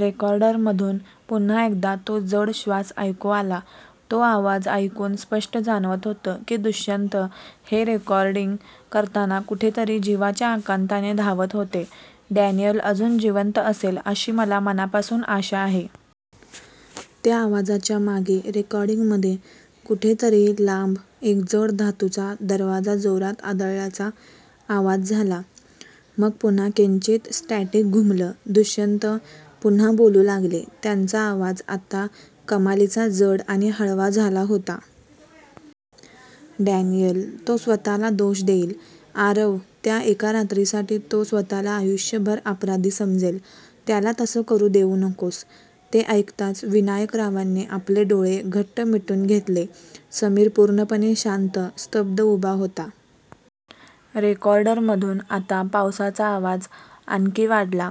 रेकॉर्डरमधून पुन्हा एकदा तो जड श्वास ऐकू आला. तो आवाज ऐकून स्पष्ट जाणवत होतं की, दुष्यंत हे रेकॉर्डिंग करताना कुठेतरी जीवाच्या अकांताने धावत होते. "डॅनियल अजून जिवंत असेल, अशी मला मनापासून आशा आहे. " त्या आवाजाच्या मागे, रेकॉर्डिंगमध्ये कुठेतरी लांब एक जड धातूचा दरवाजा जोरात आदळल्याचा आवाज झाला. मग पुन्हा किंचित स्टॅटिक घुमलं. दुष्यंत पुन्हा बोलू लागले. त्यांचा आवाज आत्ता कमालीचा जड आणि हळवा झाला होता. "डॅनियल, तो स्वतःला दोष देईल, आरव, त्या एका रात्रीसाठी तो स्वतःला आयुष्यभर अपराधी समजेल. त्याला तसं करू देऊ नकोस. " ते ऐकताच विनायकरावांनी आपले डोळे घट्ट मिटून घेतले. समीर पूर्णपणे शांत, स्तब्ध उभा होता. रेकॉर्डरमधून आता पावसाचा आवाज आणखी वाढला.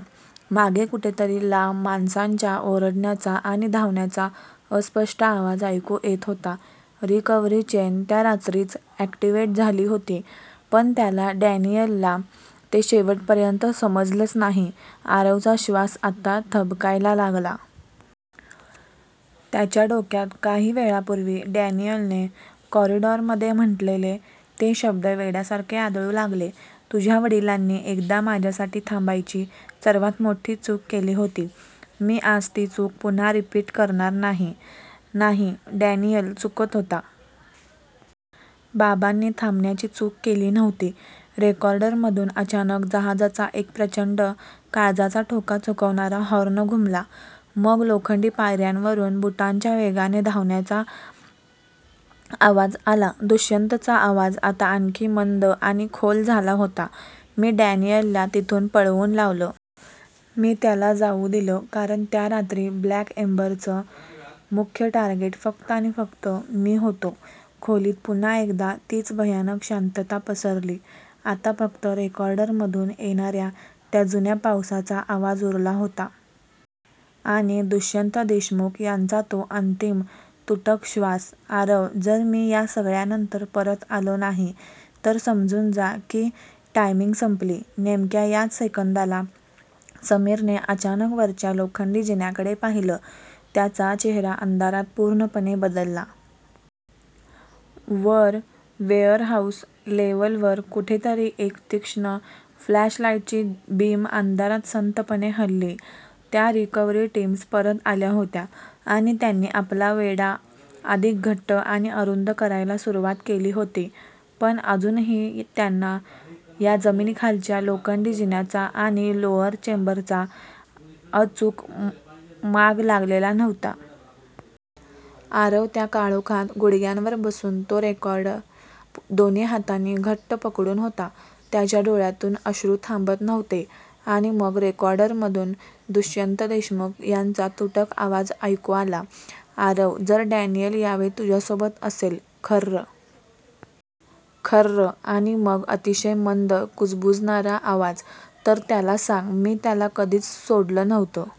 मागे कुठेतरी लांब माणसांच्या ओरडण्याचा आणि धावण्याचा अस्पष्ट आवाज ऐकू येत होता. "रिकव्हरी चेन त्या रात्रीच अॅक्टिव्हेट झाली होती. पण त्याला, डॅनियलला ते शेवटपर्यंत समजलंच नाही. " आरवचा श्वास आता थबकायला लागला. त्याच्या डोक्यात काही वेळापूर्वी डॅनियलने कॉरिडॉरमध्ये म्हटलेले ते शब्द वेड्यासारखे आदळू लागले, "तुझ्या वडिलांनी एकदा माझ्यासाठी थांबायची सर्वात मोठी चूक केली होती... मी आज ती चूक पुन्हा रिपीट करणार नाही. " नाही. डॅनियल चुकत होता. बाबांनी थांबण्याची चूक केली नव्हती. रेकॉर्डरमधून अचानक जहाजाचा एक प्रचंड, काळजाचा ठोका चुकवणारा हॉर्न घुमला. मग लोखंडी पायऱ्यांवरून बुटांच्या वेगाने धावण्याचा आवाज आला. दुष्यंतचा आवाज आता आणखी मंद आणि खोल झाला होता. "मी डॅनियलला तिथून पळवून लावलं. मी त्याला जाऊ दिलं, कारण त्या रात्री ब्लॅक एम्बरचं मुख्य टार्गेट फक्त आणि फक्त मी होतो. " खोलीत पुन्हा एकदा तीच भयानक शांतता पसरली. आता फक्त रेकॉर्डरमधून येणाऱ्या त्या जुन्या पावसाचा आवाज उरला होता. आणि दुष्यंत देशमुख यांचा तो अंतिम, तुटक श्वास. "आरव, जर मी या सगळ्यानंतर परत आलो नाही... तर समजून जा की 'टायमिंग' संपली. " नेमक्या याच सेकंदाला, समीरने अचानक वरच्या लोखंडी जिन्याकडे पाहिलं. त्याचा चेहरा अंधारात पूर्णपणे बदलला. वर वेअरहाऊस लेव्हलवर कुठेतरी एका तीक्ष्ण फ्लॅशलाईटची बीम अंधारात संथपणे हलली. त्या रिकव्हरी टीम्स परत आल्या होत्या आणि त्यांनी आपला वेढा अधिक घट्ट आणि अरुंद करायला सुरुवात केली होती. पण अजूनही त्यांना या जमिनीखालच्या लोखंडी जिन्याचा आणि 'लोअर चेंबर'चा अचूक माग लागलेला नव्हता. आरव त्या काळोखात गुडघ्यांवर बसून तो रेकॉर्डर दोन्ही हातांनी घट्ट पकडून होता. त्याच्या डोळ्यांतून अश्रू थांबत नव्हते. आणि मग रेकॉर्डरमधून दुष्यंत देशमुख यांचा तुटक आवाज ऐकू आला, "आरव जर डॅनियल यावेळी तुझ्यासोबत असेल ," खर्र... खर्र... आणि मग अतिशय मंद, कुजबुजणारा आवाज, " तर त्याला सांग, मी त्याला कधीच सोडलं नव्हतं.